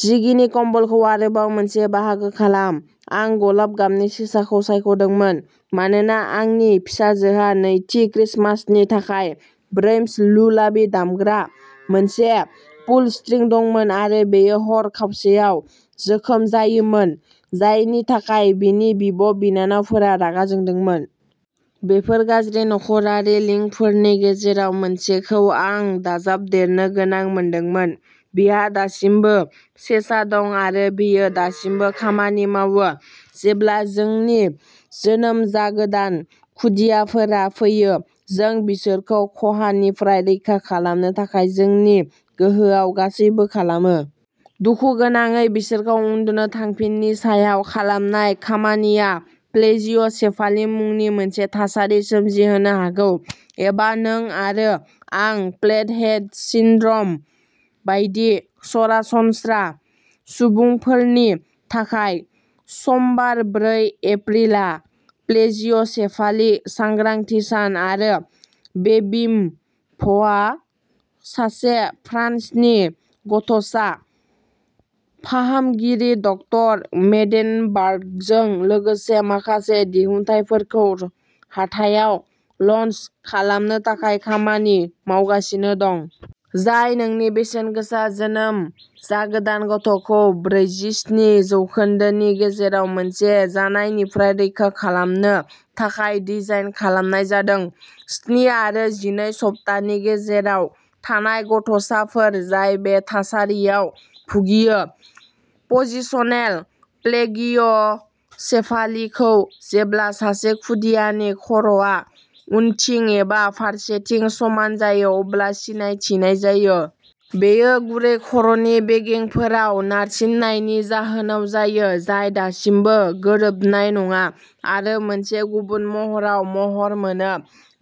जिगिनि कम्बलखौ आरोबाव मोनसे बाहागो खालाम। आं गलाब गाबनि सेसाखौ सायख'दोंमोन। मानोना आंनि फिसाजोहा नैथि क्रिसमासनि थाखाय ब्रैम्स लुलाबी दामग्रा मोनसे पुल स्ट्रिं दंमोन आरो बेयो हर खावसेयाव जोखोम जायोमोन। जायनि थाखाय बिनि बिब'-बिनानावफोरा रागा जोंदोंमोन। बेफोर गाज्रि नख'रारि लिंकफोरनि गेजेराव मोनसेखौ आं दाजाबदेरनो गोनां मोनदोंमोन। बिहा दासिमबो सेसा दं आरो बेयो दासिमबो खामानि मावो। जेब्ला जोंनि जोनोम जागोदान खुदियाफोरा फैयो, जों बिसोरखौ खहानिफ्राय रैखा खालामनो थाखाय जोंनि गोहोआव गासैबो खालामो। दुखुगोनाङै बिसोरखौ उन्दुनो थांफिननि सायाव खालामनाय खामानिया प्लेजिय'सेफाली मुंनि मोनसे थासारि सोमजिहोनो हागौ। एबा नों आरो आं फ्लेट हेड सिन्ड्रम बायदि सरासनस्रा सुबुंफोरनि थाखाय। समबार ब्रै एप्रिलआ प्लेजिय'सेफाली सांग्रांथि सान आरो बेबिभआ सासे फ्रान्सनि गथ'सा फाहामगिरि डक्टर मेडेनबार्गजों लोगोसे माखासे दिहुनथायफोरखौ हाथायाव ल'न्च खालामनो थाखाय खामानि मावगासिनो दं। जाय नोंनि बेसेनगोसा जोनोम जागोदान गथ'खौ ब्रैजिस्नि जौखोन्दोनि गेजेराव मोनसे जानायनिफ्राय रैखा खालामनो थाखाय डिजाइन खालामनाय जादों। स्नि आरो जिनै सप्तानि गेजेराव थानाय गथ'साफोर जाय बे थासारियाव भुगियो। पजिशनेल प्लेगिय'सेफालिखौ जेब्ला सासे खुदियानि खर'आ उनथिं एबा फारसेथिं समान जायो अब्ला सिनायथिनाय जायो। बेयो गुरै खर'नि बेगेंफोराव नारसिननायनि जाहोनाव जायो। जाय दासिमबो गोरोबनाय नङा आरो मोनसे गुबुन महराव महर मोनो।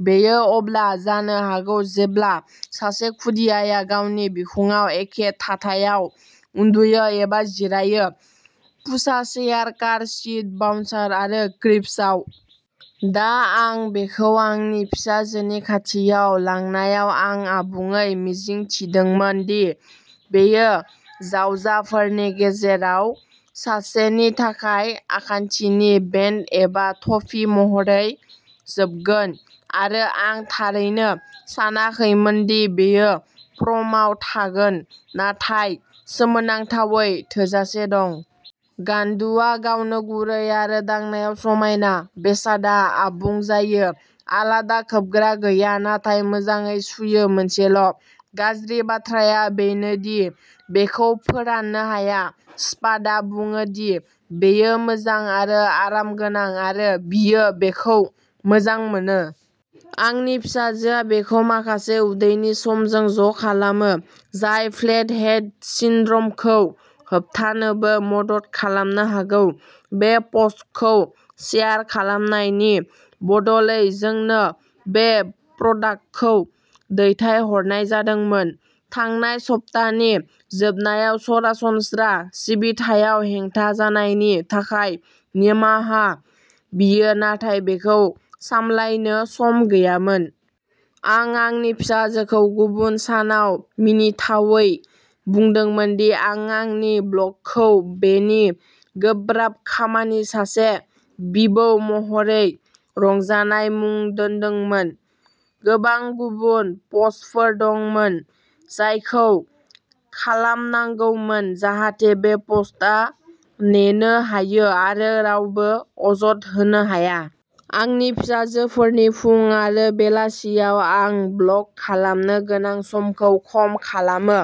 बेयो अब्ला जानो हागौ जेब्ला सासे खुदियाया गावनि बिखुंआव एखे थाथायाव उन्दुयो एबा जिरायो। पुशाचेयार कार सिट बाउन्सार आरो क्रिब्सआव। दा आं बेखौ आंनि फिसाजोनि खाथियाव लांनायाव आं आबुङै मिजिंथिदोंमोन दि बेयो जावजाफोरनि गेजेराव सासेनि थाखाय आखान्थिनि बेन्ड एबा थफि महरै जोबगोन आरो आं थारैनो सानाखैमोन दि बेयो प्रमआव थागोन नाथाय सोमोनांथावै थोजासे दं। गान्दुआ गावनो गुरै आरो दांनायाव समायना। बेसादआ आबुं जायो। आलादा खोबग्रा गैया नाथाय मोजाङै सुयो मोनसेल'। गाज्रि बाथ्राया बेनो दि बेखौ फोराननो हाया। स्पाडआ बुङो दि बेयो मोजां आरो आरामगोनां आरो बियो बेखौ मोजां मोनो। आंनि फिसाजोआ बेखौ माखासे उदैनि समजों ज' खालामो। जाय फ्लेट हेड सिन्ड्रमखौ होबथानोबो मदद खालामनो हागौ। बे प'स्टखौ शेयार खालामनायनि बदलै जोंनो बे प्रडाक्टखौ दैथायहरनाय जादोंमोन। थांनाय सप्तानि जोबनायाव सरासनस्रा सिबिथायाव हेंथा जानायनि थाखाय निमाहा बियो नाथाय बेखौ सामलायनो सम गैयामोन। आं आंनि फिसाजोखौ गुबुन सानाव मिनिथावै बुंदोंमोन दि आं आंनि ब्लगखौ बेनि गोब्राब खामानि सासे बिबौ महरै रंजानाय मुं दोन्दोंमोन। गोबां गुबुन प'स्टफोर दंमोन। जायखौ खालामनांगौमोन जाहाथे बे प'स्टआ नेनो हायो आरो रावबो अजद होनो हाया। आंनि फिसाजोफोरनि फुं आरो बेलासियाव आं ब्लग खालामनो गोनां समखौ खम खालामो।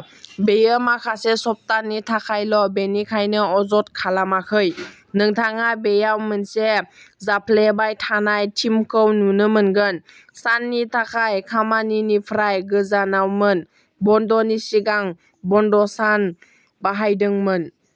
बेयो माखासे सप्तानि थाखायल' बेनिखायनो अजद खालामाखै। नोंथाङा बेयाव मोनसे जाफ्लेबाय थानाय थिमखौ नुनो मोनगोन। साननि थाखाय खामानिनिफ्राय गोजानावमोन। बन्द'नि सिगां बन्द' सान बाहायदोंमोन।